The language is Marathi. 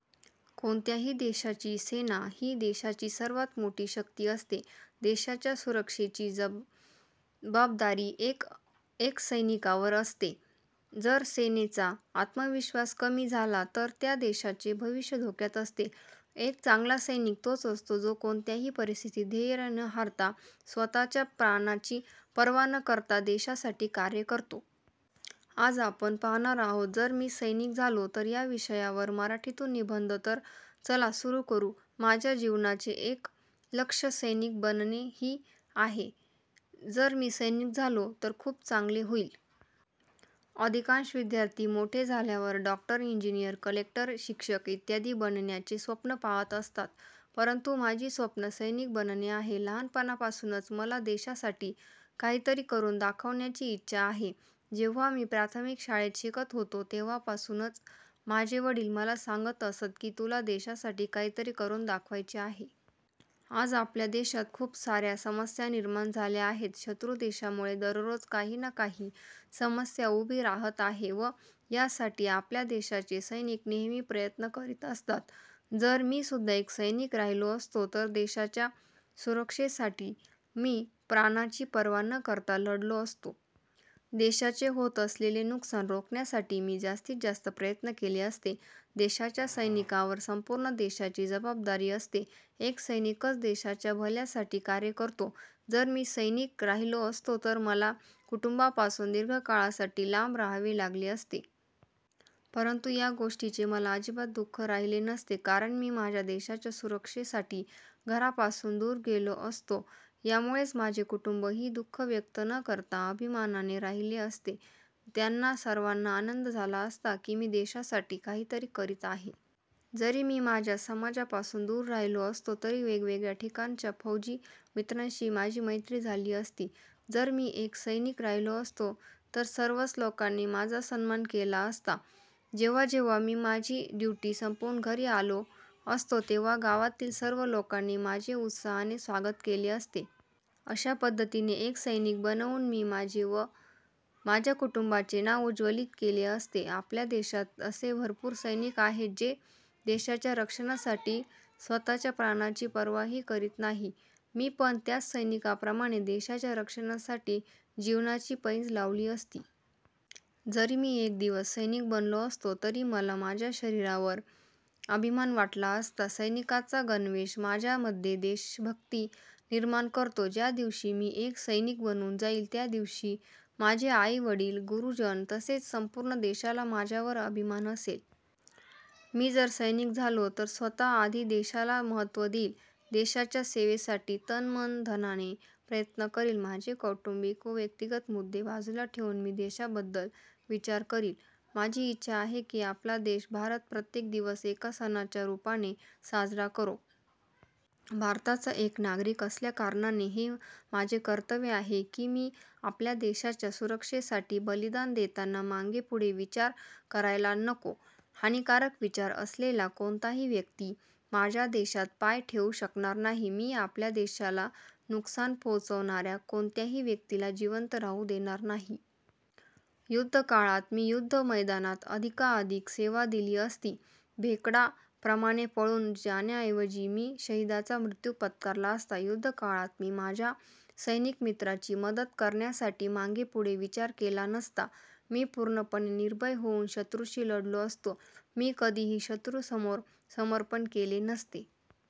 कोणत्याही देशाची सेना ही देशाची सर्वात मोठी शक्ति असते. देशाच्या सुरक्षेची जवाबदारी एक एक सैनिकावर असते. जर सेनेचा आत्मविश्वास कमी झाला तर त्या देशाचे भविष्य धोक्यात असते. एक चांगला सैनिक तोच असतो जो कोणत्याही परिस्थितीत धैर्य न हरता, स्वताच्या प्राणांची पर्वा न करता देशासाठी कार्य करतो. आज आपण पाहणार आहोत जर मी सैनिक झालो तर या विषयावर मराठीतून निबंध. तर चला सुरू करू... माझ्या जीवनाचे एक लक्ष्य सैनिक बनणे ही आहे. जर मी सैनिक झालो तर खूप चांगले होईल. अधिकांश विद्यार्थी मोठे झाल्यावर डॉक्टर, इंजिनीअर, कलेक्टर, शिक्षक इत्यादी बनण्याचे स्वप्न पाहत असतात. परंतु माझी स्वप्न सैनिक बनणे आहे. लहानपणापासूनच मला देशासाठी काहीतरी करून दाखवण्याची इच्छा आहे. जेव्हा मी प्राथमिक शाळेत शिकत होतो, तेव्हापासूनच माझे वडील मला सांगत असत की तुला देशासाठी काहीतरी करून दाखवायचे आहे. आज आपल्या देशात खूप सार्या समस्या निर्माण झाल्या आहेत. शत्रु देशांमुळे दररोज काही ना काही समस्या उभी राहत आहे व यासाठी आपल्या देशाचे सैनिक नेहमी प्रयत्न करीत असतात. जर मी सुद्धा एक सैनिक राहिलो असतो तर देशाच्या सुरक्षेसाठी मी प्राणांची पर्वा न करता लढलो असतो. देशाचे होत असलेले नुकसान रोखण्यासाठी मी जास्तीत जास्त प्रयत्न केले असते. देशाच्या सैनिकावर संपूर्ण देशाची जबाबदारी असते. एक सैनिकच देशाच्या भल्यासाठी कार्य करतो. जर मी सैनिक राहिलो असतो तर मला कुटुंबापासून दीर्घकाळासाठी लांब राहावे लागले असते. परंतु या गोष्टीचे मला अजिबात दुःख राहिले नसते. कारण मी माझ्या देशाच्या सुरक्षेसाठी घरापासून दूर गेलो असतो यामुळेच माझे कुटुंब ही दुःख व्यक्त न करता अभिमानाने राहिले असते. त्यांना सर्वांना आनंद झाला असता कि मी देशासाठी काहीतरी करीत आहे. जरी मी माझ्या समाजापासून दूर राहिलो असतो तरी वेगवेगळ्या ठिकाणच्या फौजी मित्रांशी माझी मैत्री झाली असती. जर मी एक सैनिक राहिलो असतो तर सर्वच लोकांनी माझा सन्मान केला असता. जेव्हा जेव्हा मी माझी ड्युटी संपवून घरी आलो असतो तेव्हा गावातील सर्व लोकांनी माझे उत्साहाने स्वागत केले असते. अशा पद्धतीने एक सैनिक बनवून मी माझे व माझ्या कुटुंबाचे नाव उज्वलीत केले असते. आपल्या देशात असे भरपूर सैनिक आहेत जे देशाच्या रक्षणासाठी स्वतःच्या प्राणांची पर्वाही करीत नाही. मी पण त्याच सैनिकांप्रमाणे देशाच्या रक्षणासाठी जीवनाची पैज लावली असती. जरी मी एक दिवस सैनिक बनलो असतो तरी मला माझ्या शरीरावर अभिमान वाटला असता. सैनिकाचा गणवेश माझ्यामध्ये देशभक्ती निर्माण करतो. ज्या दिवशी मी एक सैनिक बनून जाईल त्या दिवशी माझे आई -वडील, गुरुजन तसेच संपूर्ण देशाला माझ्यावर अभिमान असेल. मी जर सैनिक झालो तर स्वतः आधी देशाला महत्त्व देईल. देशाच्या सेवेसाठी तन-मन-धनाने प्रयत्न करील. माझे कौटुंबिक व व्यक्तिगत मुद्दे बाजूला ठेवून मी देशाबद्दल विचार करील. माझी इच्छा आहे की आपला देश भारत प्रत्येक दिवस एका सणाच्या रूपाने साजरा करो. भारताचा एक नागरिक असल्याकारणाने हे माझे कर्तव्य आहे कि मी आपल्या देशाच्या सुरक्षेसाठी बलिदान देताना मागे पुढे विचार करायला नको. हानीकारक विचार असलेला कोणताही व्यक्ती माझ्या देशात पाय ठेवू शकणार नाही. मी आपल्या देशाला नुकसान पोहोचवणाऱ्या कोणत्याही व्यक्तीला जिवंत राहू देणार नाही. युद्धकाळात मी युद्ध मैदानात अधिकाधिक सेवा दिली असती. भेकडा प्रमाणे पळून जाण्याऐवजी मी शहिदाचा मृत्यू पत्करला असता. युद्धकाळात मी माझ्या सैनिक मित्रांची मदत करण्यासाठी मागेपुढे विचार केला नसता. मी पूर्णपणे निर्भय होऊन शत्रूशी लढलो असतो. मी कधीही शत्रूसमोर समर्पण केले नसते.